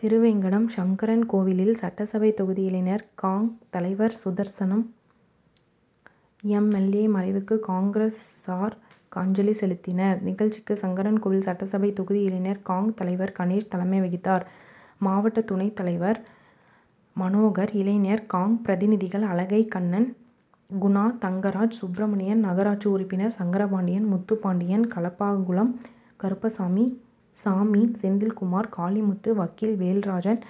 திருவேங்கடம் சங்கரன்கோவிலில் சட்டசபை தொகுதி இளைஞர் காங்.,தலைவர் சுதர்சனம் எம். எல். ஏ. மறைவுக்கு காங்கிரசார் அஞ்சலி செலுத்தினர். நிகழ்ச்சிக்கு சங்கரன்கோவில் சட்டசபை தொகுதி இளைஞர் காங்., தலைவர் கணேஷ் தலைமை வகித்தார். மாவட்ட துணைத் தலைவர் மனோகர், இளைஞர் காங்., பிரதிநிதிகள் அழகைகண்ணன், குணா, தங்கராஜ், சுப்பிரமணியன், நகராட்சி உறுப்பினர் சங்கரபாண்டியன், முத்துப்பாண்டியன், களப்பாகுளம் கருப்பசாமி, சாமி, செந்தில்குமார், காளிமுத்து, வக்கீல் வேல்ராஜன்,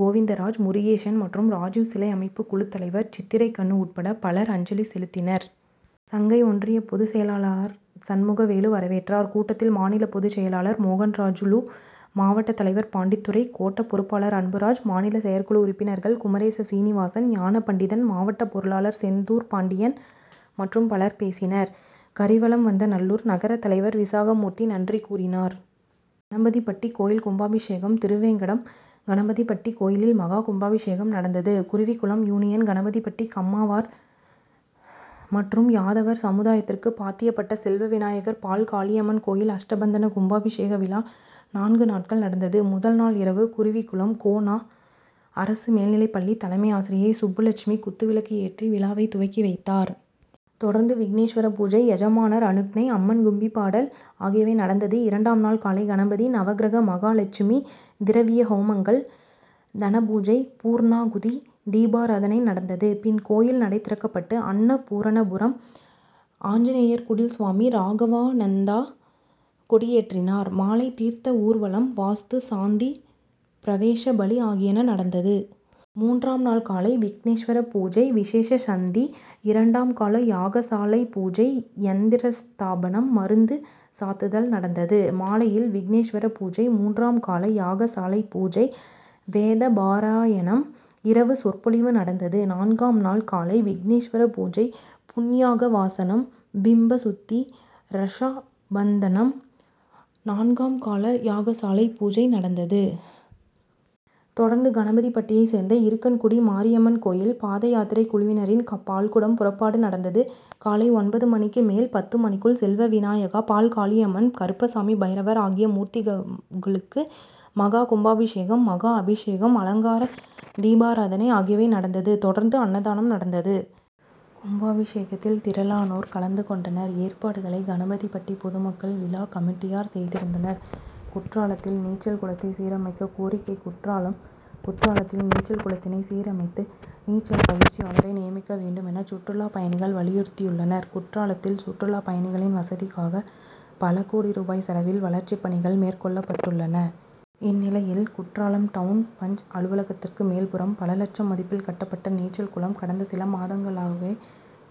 கோவிந்தராஜ், முருகேசன் மற்றும் ராஜிவ் சிலை அமைப்பு குழு தலைவர் சித்திரைக்கண்ணு உட்பட பலர் அஞ்சலி செலுத்தினர். சங்கை ஒன்றிய பொது செயலாளர் சண்முகவேலு வரவேற்றார். கூட்டத்தில் மாநில பொது செயலாளர் மோகன்ராஜூலு, மாவட்ட தலைவர் பாண்டித்துரை, கோட்ட பொறுப்பாளர் அன்புராஜ், மாநில செயற்குழு உறுப்பினர்கள் குமரேச சீனிவாசன், ஞானபண்டிதன், மாவட்ட பொருளாளர் செந்தூர்பாண்டியன் மற்றும் பலர் பேசினர். கரிவலம்வந்தநல்லூர் நகர தலைவர் விசாகமூர்த்தி நன்றி கூறினார். கணபதிபட்டி கோயிலில்கும்பாபிஷேகம் திருவேங்கடம் கணபதிபட்டி கோயிலில் மகா கும்பாபிஷேகம் நடந்தது. குருவிகுளம் யூனியன் கணபதிபட்டி கம்மவார் மற்றும் யாதவர் சமுதாயத்திற்கு பாத்தியப்பட்ட செல்வவிநாயர், பால்காளியம்மன் கோயில் அஷ்டபந்தன கும்பாபிஷேக விழா நான்கு நாட்கள் நடந்தது. முதல்நாள் இரவு குருவிகுளம் கோ. நா. அரசுமேல்நிலைப்பள்ளி தலைமை ஆசிரியை சுப்புலட்சுமி குத்துவிளக்கு ஏற்றி விழாவை துவக்கி வைத்தார். தொடர்ந்து விக்னேஸ்வர பூஜை, யஜமானர் அனுக்ஞை, அம்மன் கும்பிபாடல் ஆகியவை நடந்தது. இரண்டாம் நாள் காலை கணபதி, நவக்கிரக, மகாலெட்சுமி, திரவிய ஹோமங்கள், தனபூஜை, பூர்ணாகுதி, தீபாராதனை நடந்தது. பின் கோயில் நடை திறக்கப்பட்டு அன்னபூரணபுரம் ஆஞ்சநேயர் குடில் சுவாமி ராகவானந்தா கொடியேற்றினார். மாலை தீர்த்த ஊர்வலம், வாஸ்து சாந்தி, பிரவேசபலி ஆகியன நடந்தது. மூன்றாம் நாள் காலை விக்னேஸ்வர பூஜை, விசேஷசந்தி, இரண்டாம் கால யாகசாலை பூஜை, யந்திரஸ்தாபனம், மருந்து சாத்துதல் நடந்தது. மாலையில் விக்னேஸ்வர பூஜை, மூன்றாம் கால யாகசாலை பூஜை, வேதபாராயணம், இரவு சொற்பொழிவு நடந்தது. நான்காம் நாள் காலை விக்னேஸ்வர பூஜை, புண்யாகவாசனம், பிம்பசுத்தி, ரக்ஷாபந்தனம், நான்காம் கால யாகசாலை பூஜை நடந்தது. தொடர்ந்து கணபதிபட்டியை சேர்ந்த இருக்கன்குடி மாரியம்மன் கோயில் பாதயாத்திரை குழுவினரின் பால்குடம் புறப்பாடு நடந்தது. காலை ஒன்பது மணிக்கு மேல் பத்து மணிக்குள் செல்வவிநாயகா, பால்காளியம்மன், கருப்பசாமி, பைரவர் ஆகிய மூர்த்திகளுக்கு மகா கும்பாபிஷேகம், மகா அபிஷேகம், அலங்கார தீபாராதனை ஆகியவை நடந்தது. தொடர்ந்து அன்னதானம் நடந்தது. கும்பாபிஷேகத்தில் திரளானோர் கலந்து கொண்டனர். ஏற்பாடுகளை கணபதிபட்டி பொதுமக்கள், விழா கமிட்டியார் செய்திருந்தனர். குற்றாலத்தில் நீச்சல் குளத்தைசீரமைக்க கோரிக்கை குற்றாலம் குற்றாலத்தில் நீச்சல் குளத்தினை சீரமைத்து, நீச்சல் பயிற்சியாளரை நியமிக்க வேண்டுமென சுற்றுலா பயணிகள் வலியுறுத்தியுள்ளனர். குற்றாலத்தில் சுற்றுலா பயணிகளின் வசதிக்காக பல கோடி ரூபாய் செலவில் வளர்ச்சிப் பணிகள் மேற்கொள்ளப்பட்டுள்ளன. இந்நிலையில் குற்றாலம் டவுன் பஞ்., அலுவலகத்திற்கு மேல்புறம் பல லட்சம் மதிப்பில் கட்டப்பட்ட நீச்சல்குளம் கடந்த சில மாதங்களாகவே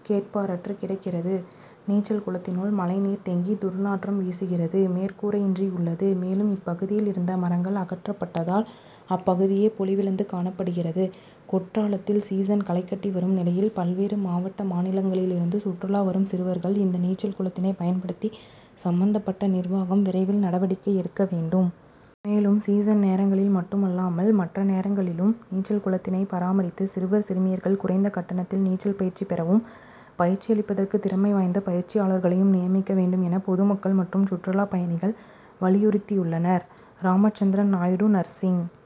கேட்பாரற்று கிடக்கிறது. நீச்சல் குளத்தினுள் மழைநீர் தேங்கி துர்நாற்றம் வீசுகிறது. மேற்கூரையின்றி உள்ளது. மேலும் இப்பகுதியில் இருந்த மரங்கள் அகற்றப்பட்டதால் அப்பகுதியே பொலிவிழந்து காணப்படுகிறது. குற்றாலத்தில் சீசன் களைகட்டி வரும் நிலையில் பல்வேறு மாவட்ட, மாநிலங்களிலிருந்து சுற்றுலா வரும் சிறுவர்கள் இந்த நீச்சல் குளத்தினை பயன்படுத்திட சம்பந்தப்பட்ட நிர்வாகம் விரைவில் நடவடிக்கை எடுக்க வேண்டும். மேலும் சீசன் நேரங்களில் மட்டுமல்லாமல் மற்ற நேரங்களிலும் நீச்சல்குளத்தினை பராமரித்து சிறுவர், சிறுமியர்கள் குறைந்த கட்டணத்தில் நீச்சல் பயிற்சி பெறவும், பயிற்சியளிப்பதற்கு திறமை வாய்ந்த பயிற்சியாளர்களையும் நியமிக்க வேண்டும் என பொதுமக்கள் மற்றும் சுற்றுலா பயணிகள் வலியுறுத்தியுள்ளனர். ராமச்சந்திரன் நாயுடு நர்சிங்